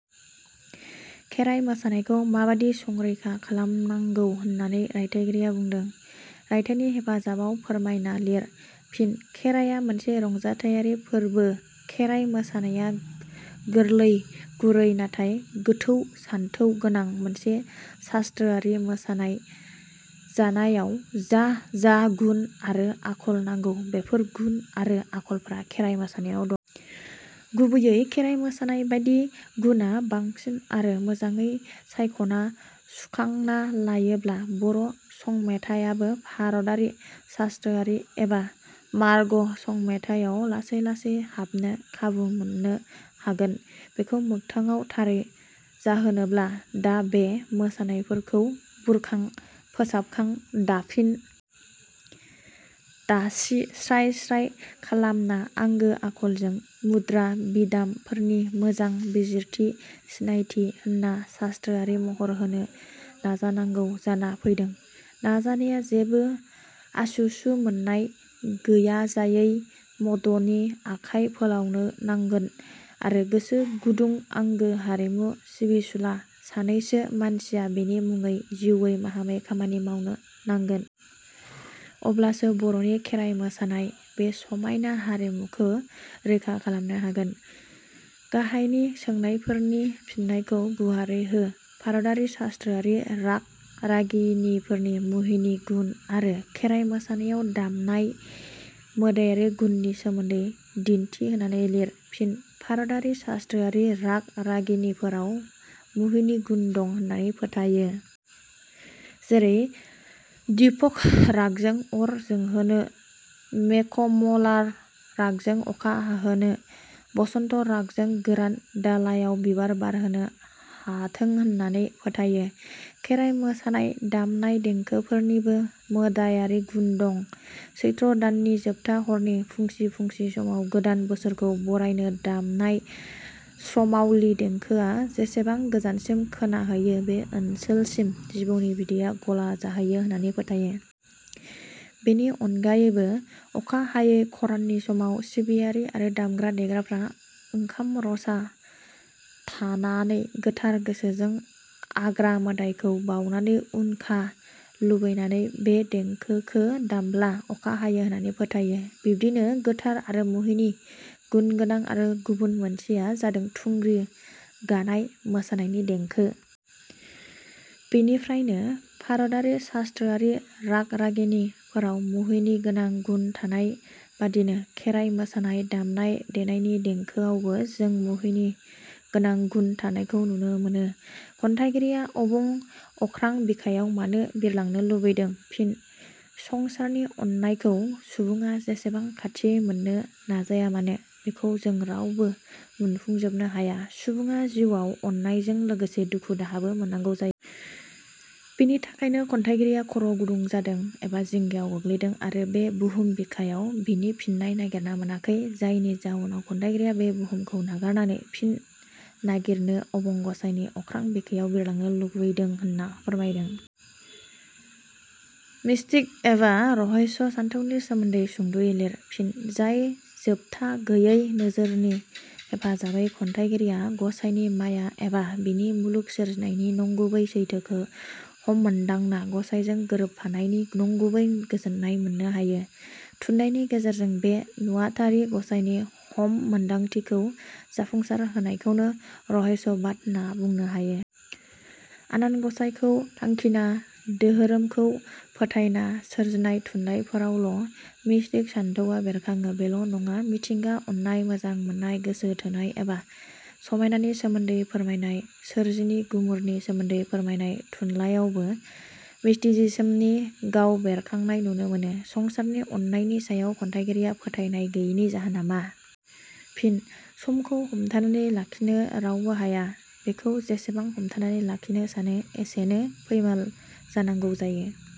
खेराय मोसानायखौ माबादि संरैखा खालामनांगौ होननानै रायथाइगिरिया बुंदों रायथाइनि हेफाजाबाव फोरमायना लिर। फिन: खेराया मोनसे रंजाथायारि फोरबो खेराइ मोसानाया गोरललै, गुरै नाथाय गोथौ सानथौ गोनां मोनसे सास्थोरारि मोसानाय जानायाव जा जा गुण आरो आखल नांगौ बेफोर गुण आरो आखलफोरा खेराइ मोसानायाव दं। गुबैये खेराइ मोसानायबादि गुणा बांसिन आरो मोजाङै सायखना सुखांना लायोब्ला बर' संमेथायाबो भारतारि सास्थोरारि एबा मार्ग संमेथायाव लासै लासै हाबनो खाबु मोननो हागोन। बेखौ मोगथाङाव थारै जाहोनोब्ला दा बे मोसानायफोरखौ बुरखां फोसाबखां, दाफिन दासि स्राय स्राय खालामना आंगो आखलजों मुद्रा, बिदाम फोरनि मोजां बिजिरथि, सिनायथि होना सास्थोरारि महर होनो नाजानांगौ जाना फैदों नाजानाया जेबो आसु-सु मोननाय गैयाजायै मददनि आखाइ फोलावनो नांगोन आरो गोसो गुदं आंगो हारिमु सिबिसुला सानैसो मानसिया बेनि मुङै जिउवै- माहामै खामानि मावनो नांगोन। अब्लासो बर'नि खेराइ मोसानाय बे समायना हारिमुखो रैखा खालामनो हागोन।. गाहायनि सोंनायफोरनि फिननायखौ गुवारै हो भारतारि सास्थोरारि राग-रागिनिफोरनि मुहिनि गुन आरो खेराय मोसानायाव दामनाय मोदायारि गुननि सोमोन्दै दिन्थि होनानै लिर। फिन: भारतारि सास्थोरारि राग-रागिनिफोराव मुहिनि गुन दं होननानै फोथायो। जेरै दीपक रागजों अर जोंहोनो, मेघमल्लार रागजों अखा हाहोनो, बसन्त रागजों गोरान दालायाव बिबार बारहोनो हाथो होननानै फोथायो। खेराइ मोसानाय दामनाय देंखोफोरनिबो मोदायारि गुन दं सैत्र दाननि जोबथा हरनि फुंसि फुंसि समाव गोदान बोसोरखौ बरायनो दामनाय सम्रावलि देंखोआ जेसेबां गोजानसिम खोनाहैयो बे ओनसोलसिम जिबौनि बिदैया गला जाहैयो होननानै फोथायो। बेनि अनगायैबो अखा हायै खराननि समाव सिबियारि आरो दामग्रा देग्राफोरा ओंखाम रसा थानानै गोथार गोसोजों आग्रा मोदायखौ बावनानै उनखा लुबैनानै बे देंखोखो दामब्ला अखा हायो होनना फोथायो। बिदिनो गोथार आरो मुहिनि गुनगोनां आरो गुबुन मोनसेया जादों थुग्रि गानाय मोसानायनि देंखो। बेनिफ्रायनो भारतारि सास्थोरारि राग-रागिनि फोराव मुहिनि गोनां गुन थानाय बादिनो खेराइ मोसानाय दामनाय देनायनि देंखोआवबो जों मुहिनि गोनां गुण थानायखौ नुनो मोनो। खन्थाइगिरिया अबं अख्रां बिखायाव मानो बिरलांनो लुबैदों? फिनः संसारनि अननायखौ सुबुङा जेसेबां खाथियै मोननो नाजायामानो बेखौ जों रावबो मोनफुंजोबनो हाया सुबुङा जिउवाव अननायजों लोगोसे दुखु दाहाबो मोननांगौ जायो। बेनि थाखायनो खन्थाइगिरिया खर' गुदुं जादों एबा जिंगायाव गोग्लैदों आरो बे बहुम बिखायाव बेनि फिननाय नागिरना मोनाखै। जायनि जाउनाव खन्थाइगिरिया बे बहुमखौ नागारनानै फिन नागिरनो अबं गसाइनि अख्रां बिखायाव बिरलांनो लुबैदों होनना फोरमायदों। मिष्टिक एबा रहस्य सान्थौनि सोमोन्दै सुंदयै लिर। फिनः जाय जोबथा गैयै नोजोरनि हेफाजाबै खन्थाइगिरिया गसाइनि माया एबा बिनि मुलुग सोरजिनायनि नंगुबै सैथोखो हममोन्दांना गसाइजों गोरोबफानायनि नंगुबै गोजोननाय मोननो हायो, थुनलाइनि गेजेरजों बे नुवाथारि गसाइनि हममोन्दांथिखौ जाफुंसार होनायखौनो रहस्यबाद होनना बुंनो हायो। आनान गसाइखौ थांखिना, दोहोरोमखौ फोथायना सोरजिनाय थुनलाइफोरावल' मिष्टिक सानथौवा बेरखाङो, बेल' नङा मिथिंगा, अननाय, मोजां मोननाय, गोसो थोनाय एबा समायनानि सोमोन्दै फोरमायनाय, सोरजिनि गुमुरनि सोमोन्दै फोरमायनाय थुनलाइयावबो मिष्टिसिजिमनि गाव बेरखांनाय नुनो मोनो। संसारनि अनायनि सायाव खन्थाइगिरिया फोथायनाय गैयैनि जाहोना मा? फिनः समखौ हमथानानै लाखिनो रावबो हाया। बेखौ जेसेबां हमथानानै लाखिनो सानो एसेनो फैमाल जानांगौ जायो।